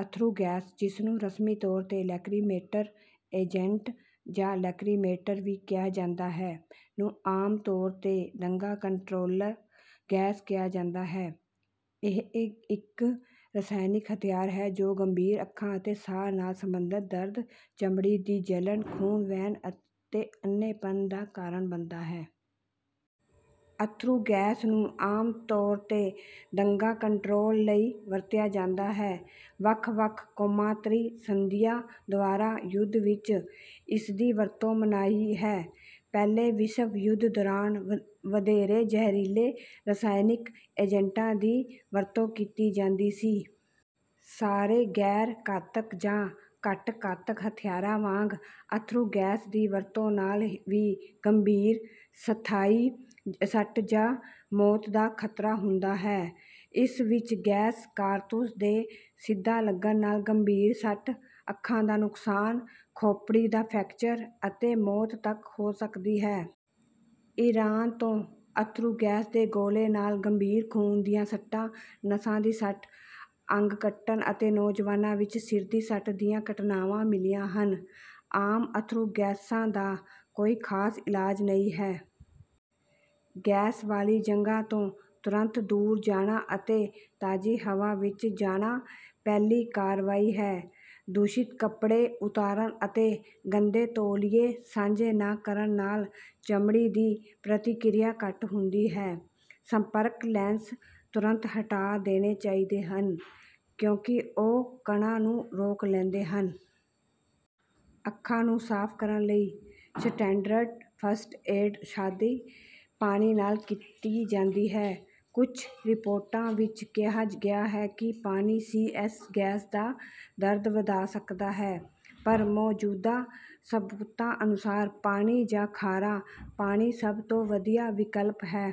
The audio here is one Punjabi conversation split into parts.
ਅੱਥਰੂ ਗੈਸ, ਜਿਸਨੂੰ ਰਸਮੀ ਤੌਰ ਤੇ ਲੈਕਰੀਮੇਟਰ ਏਜੰਟ ਜਾਂ ਲੈਕਰੀਮੇਟਰ ਵੀ ਕਿਹਾ ਜਾਂਦਾ ਹੈ, ਨੂੰ ਆਮ ਤੌਰ ਤੇ ਦੰਗਾ ਕੰਟਰੋਲ ਗੈਸ ਕਿਹਾ ਜਾਂਦਾ ਹੈ। ਇਹ ਇੱਕ ਰਸਾਇਣਕ ਹਥਿਆਰ ਹੈ ਜੋ ਗੰਭੀਰ ਅੱਖਾਂ ਅਤੇ ਸਾਹ ਨਾਲ ਸੰਬੰਧਤ ਦਰਦ, ਚਮੜੀ ਦੀ ਜਲਣ, ਖੂਨ ਵਹਿਣ ਅਤੇ ਅੰਨ੍ਹੇਪਣ ਦਾ ਕਾਰਨ ਬਣਦਾ ਹੈ। ਅੱਥਰੂ ਗੈਸ ਨੂੰ ਆਮ ਤੌਰ ਤੇ ਦੰਗਾ ਕੰਟਰੋਲ ਲਈ ਵਰਤਿਆ ਜਾਂਦਾ ਹੈ। ਵੱਖ-ਵੱਖ ਕੌਮਾਂਤਰੀ ਸੰਧੀਆਂ ਦੁਆਰਾ ਯੁੱਧ ਵਿੱਚ ਇਸਦੀ ਵਰਤੋਂ ਮਨਾਹੀ ਹੈ। ਪਹਿਲੇ ਵਿਸ਼ਵ ਯੁੱਧ ਦੌਰਾਨ ਵਧੇਰੇ ਜ਼ਹਿਰੀਲੇ ਰਸਾਇਣਕ ਏਜੰਟਾਂ ਦੀ ਵਰਤੋਂ ਕੀਤੀ ਜਾਂਦੀ ਸੀ। ਸਾਰੇ ਗੈਰ-ਘਾਤਕ ਜਾਂ ਘੱਟ-ਘਾਤਕ ਹਥਿਆਰਾਂ ਵਾਂਗ ਅੱਥਰੂ ਗੈਸ ਦੀ ਵਰਤੋਂ ਨਾਲ ਵੀ ਗੰਭੀਰ ਸਥਾਈ ਸੱਟ ਜਾਂ ਮੌਤ ਦਾ ਖ਼ਤਰਾ ਹੁੰਦਾ ਹੈ। ਇਸ ਵਿੱਚ ਗੈਸ ਕਾਰਤੂਸ ਦੇ ਸਿੱਧਾ ਲੱਗਣ ਨਾਲ ਗੰਭੀਰ ਸੱਟ, ਅੱਖਾਂ ਦਾ ਨੁਕਸਾਨ, ਖੋਪੜੀ ਦਾ ਫ੍ਰੈਕਚਰ ਅਤੇ ਮੌਤ ਤੱਕ ਹੋ ਸਕਦੀ ਹੈ। ਇਰਾਨ ਤੋਂ ਅੱਥਰੂ ਗੈਸ ਦੇ ਗੋਲੇ ਨਾਲ ਗੰਭੀਰ ਖੂਨ ਦੀਆਂ ਸੱਟਾਂ, ਨਸਾਂ ਦੀ ਸੱਟ, ਅੰਗ ਕੱਟਣ ਅਤੇ ਨੌਜਵਾਨਾਂ ਵਿੱਚ ਸਿਰ ਦੀ ਸੱਟ ਦੀਆਂ ਘਟਨਾਵਾਂ ਮਿਲੀਆਂ ਹਨ। ਆਮ ਅੱਥਰੂ ਗੈਸਾਂ ਦਾ ਕੋਈ ਖਾਸ ਇਲਾਜ ਨਹੀਂ ਹੈ। ਗੈਸ ਵਾਲੀ ਜਗ੍ਹਾ ਤੋਂ ਤੁਰੰਤ ਦੂਰ ਜਾਣਾ ਅਤੇ ਤਾਜ਼ੀ ਹਵਾ ਵਿੱਚ ਜਾਣਾ ਪਹਿਲੀ ਕਾਰਵਾਈ ਹੈ। ਦੂਸ਼ਿਤ ਕੱਪੜੇ ਉਤਾਰਨ ਅਤੇ ਗੰਦੇ ਤੌਲੀਏ ਸਾਂਝੇ ਨਾ ਕਰਨ ਨਾਲ ਚਮੜੀ ਦੀ ਪ੍ਰਤੀਕਿਰਿਆ ਘੱਟ ਹੁੰਦੀ ਹੈ। ਸੰਪਰਕ ਲੈਂਸ ਤੁਰੰਤ ਹਟਾ ਦੇਣੇ ਚਾਹੀਦੇ ਹਨ ਕਿਉਂਕਿ ਉਹ ਕਣਾਂ ਨੂੰ ਰੋਕ ਲੈਂਦੇ ਹਨ। ਅੱਖਾਂ ਨੂੰ ਸਾਫ਼ ਕਰਨ ਲਈ ਸਟੈਂਡਰਡ ਫਸਟ ਏਡ ਸਾਦੇ ਪਾਣੀ ਨਾਲ ਕੀਤੀ ਜਾਂਦੀ ਹੈ। ਕੁਝ ਰਿਪੋਰਟਾਂ ਵਿੱਚ ਕਿਹਾ ਗਿਆ ਹੈ ਕਿ ਪਾਣੀ ਸੀ.ਐਸ. ਗੈਸ ਦਾ ਦਰਦ ਵਧਾ ਸਕਦਾ ਹੈ, ਪਰ ਮੌਜੂਦਾ ਸਬੂਤਾਂ ਅਨੁਸਾਰ ਪਾਣੀ ਜਾਂ ਖਾਰਾ ਪਾਣੀ ਸਭ ਤੋਂ ਵਧੀਆ ਵਿਕਲਪ ਹੈ।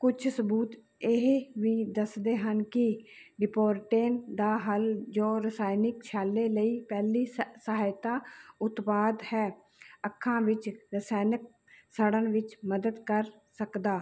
ਕੁਝ ਸਬੂਤ ਇਹ ਵੀ ਦੱਸਦੇ ਹਨ ਕਿ ਡਿਪੋਟੇਨ ਦਾ ਹੱਲ, ਜੋ ਰਸਾਇਣਕ ਛਾਲੇ ਲਈ ਪਹਿਲੀ ਸਹਾਇਤਾ ਉਤਪਾਦ ਹੈ, ਅੱਖਾਂ ਵਿੱਚ ਰਸਾਇਣਕ ਸੜਨ ਵਿੱਚ ਮਦਦ ਕਰ ਸਕਦਾ